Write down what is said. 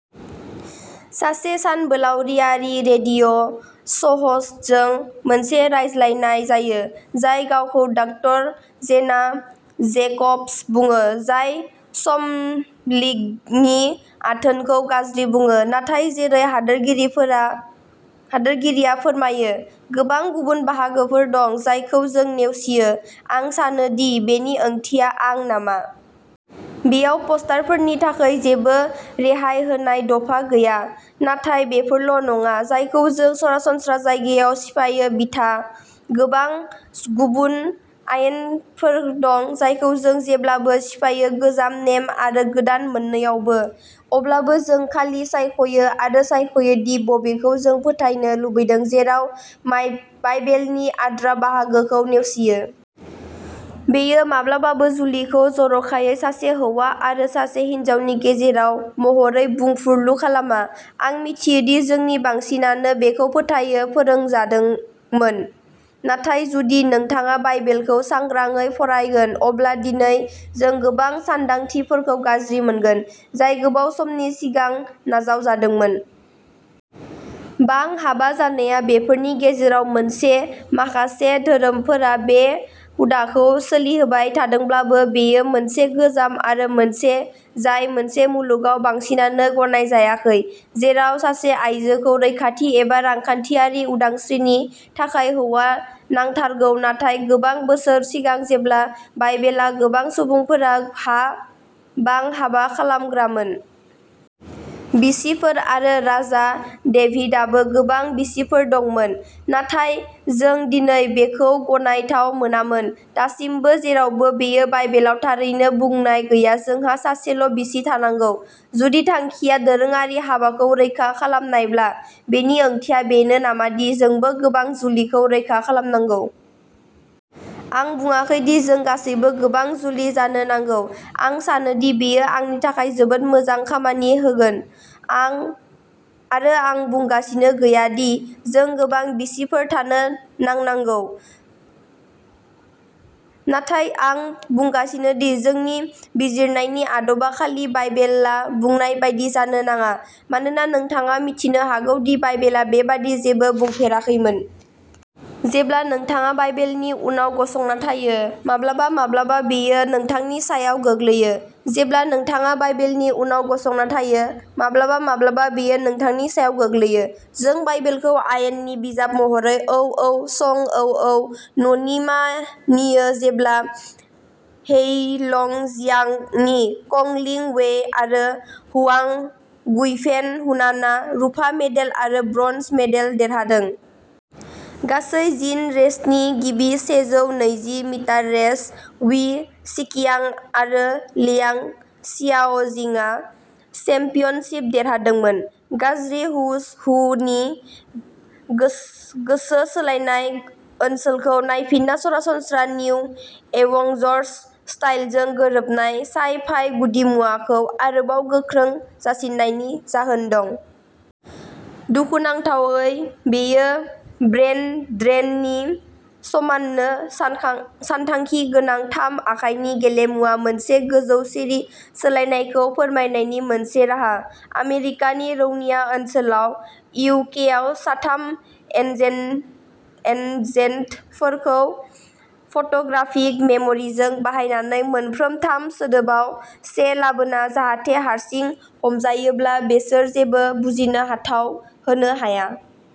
सासे सानबोलावरियारि रेडिअ' श'ह'स्टजों मोनसे रायज्लायनाय जायो, जाय गावखौ डक्टर जेना जेकब्स बुङो, जाय समलिङ्गी आथोनखौ गाज्रि बुङो। नाथाय जेरै हादरगिरिफोरा हादोरगिरिया फोरमायो, गोबां गुबुन बाहागोफोर दं जायखौ जों नेवसियो। आं सानो दि बेनि ओंथिया आं नामा। बेयाव पास्टरफोरनि थाखाय जेबो रेहाय होनाय दफा गैया। नाथाय बेफोरल' नङा जायखौ जों सरासनस्रा जायगायाव सिफायो। बिथा। गोबां गुबुन आयेनफोर दं जायखौ जों जेब्लाबो सिफायो गोजाम नेम आरो गोदान मोन्नैआवबो। अब्लाबो जों खालि सायख'यो आरो सायख'यो दि बबेखौ जों फोथायनो लुबैदों, जेराव माय बाइबेलनि आद्रा बाहागोखौ नेवसियो। बेयो माब्लाबाबो जुलिखौ जर'खायै सासे हौवा आरो सासे हिनजावनि गेजेराव महरै बुंफुरलु खालामा। आं मिथियो दि जोंनि बांसिनानो बेखौ फोथायनो फोरोंजादोंमोन, नाथाय जुदि नोंथाङा बाइबेलखौ सांग्राङै फरायगोन अब्ला दिनै जों गोबां सानदांथिफोरखौ गाज्रि मोनगोन, जाय गोबाव समनि सिगां नाजावजादोंमोन। बां-हाबा जानाया बेफोरनि गेजेराव मोनसे। माखासे धोरोमफोरा बे हुदाखौ सोलिहोबाय थादोंब्लाबो बेयो मोनसे गोजाम आरो मोनसे जाय मोनसे मुलुगाव बांसिनानो गनायजायाखै जेराव सासे आइजोखौ रैखाथि एबा रांखान्थियारि उदांस्रिनि थाखाय हौवा नांथारगौ। नाथाय गोबां बोसोर सिगां जेब्ला बाइबेलाव गोबां सुबुंफोरा बां-हाबा खालामग्रामोन। बिसिफोर आरो राजा डेभिड आबो गोबां बिसिफोर दंमोन। नाथाय जों दिनै बेखौ गनायथाव मोनामोन। दासिमबो जेरावबो बेयो बाइबेलाव थारैनो बुंनाय गैया नोंहा सासेल' बिसि थानांगौ। जुदि थांखिया दोरोङारि हाबाखौ रैखा खालामनायब्ला बेनि ओंथिया बेनो नामा दि जोंबो गोबां जुलिखौ रैखा खालामनांगौ? आं बुंङाखै दि जों गासैबो गोबां जुलि जानो नांगौ। आं सानो दि बेयो आंनि थाखाय जोबोद मोजां खामानि होगोन आरो आं बुंगासिनो गैया दि जों गोबां बिसिफोर थानो थांनांगौ। नाथाय आं बुंगासिनो दि जोंनि बिजिरनायनि आदबा खालि बाइबेलआ बुंनाय बायदि जानो नाङा मानोना नोंथाङा मिथिनो हागौ दि बाइबेलआ बेबादि जेबो बुंफेराखैमोन। जेब्ला नोंथाङा बाइबेलनि उनाव गसंना थायो, माब्लाबा माब्लाबा बेयो नोंथांनि सायाव गोग्लैयो। जेब्ला नोंथाङा बाइबेलनि उनाव गसंना थायो, माब्लाबा माब्लाबा बेयो नोंथांनि सायाव गोग्लैयो। जों बाइबेलखौ आयेननि बिजाब महरै औऔ शं औऔ ननिमानियो जेब्ला हेइलंजियांगनि कंग लिंग वेई आरो हुआंग गुइफेन, हुनानआ रुफा मेडेल आरो ब्रन्ज मेडेल देरहादों। गासै जिन रेसनि गिबि सेजौ नैजि मिटार रेस, वु झिकियांग आरो लियांग शियाओजिंगआ चेम्पियनशिप देरहादोंमोन। गाज्रि हु'ज हु?? नि गो-गोसो सोलायनाय ओनसोलखौ नायफिनना सरासनस्रा निउ एवेंजर्स स्टाइलजों गोरोबनाय साइ-फाइ गुदिमुवाखौ आरोबाव गोख्रों जासिनायनि जाहोन दं। दुखुनांथावै बेयो ब्रेन ड्रेननि समाननो सानथांखि गोनां थाम आखाइनि गेलेमुआ मोनसे गोजौ सिरि सोलायनायखौ फोरमायनायनि मोनसे राहा। आमेरिकानि रौनिया सोलोआव इउ के आव साथाम एजेन्टफोरखौ फट'ग्राफिक मेम'रिजों बाहायनानै मोनफ्रोम थाम सोदोबआव से लाबोना जाहाथे हारसिं हमजायोब्ला बिसोर जेबो बुजिनो हाथाव होनो हाया।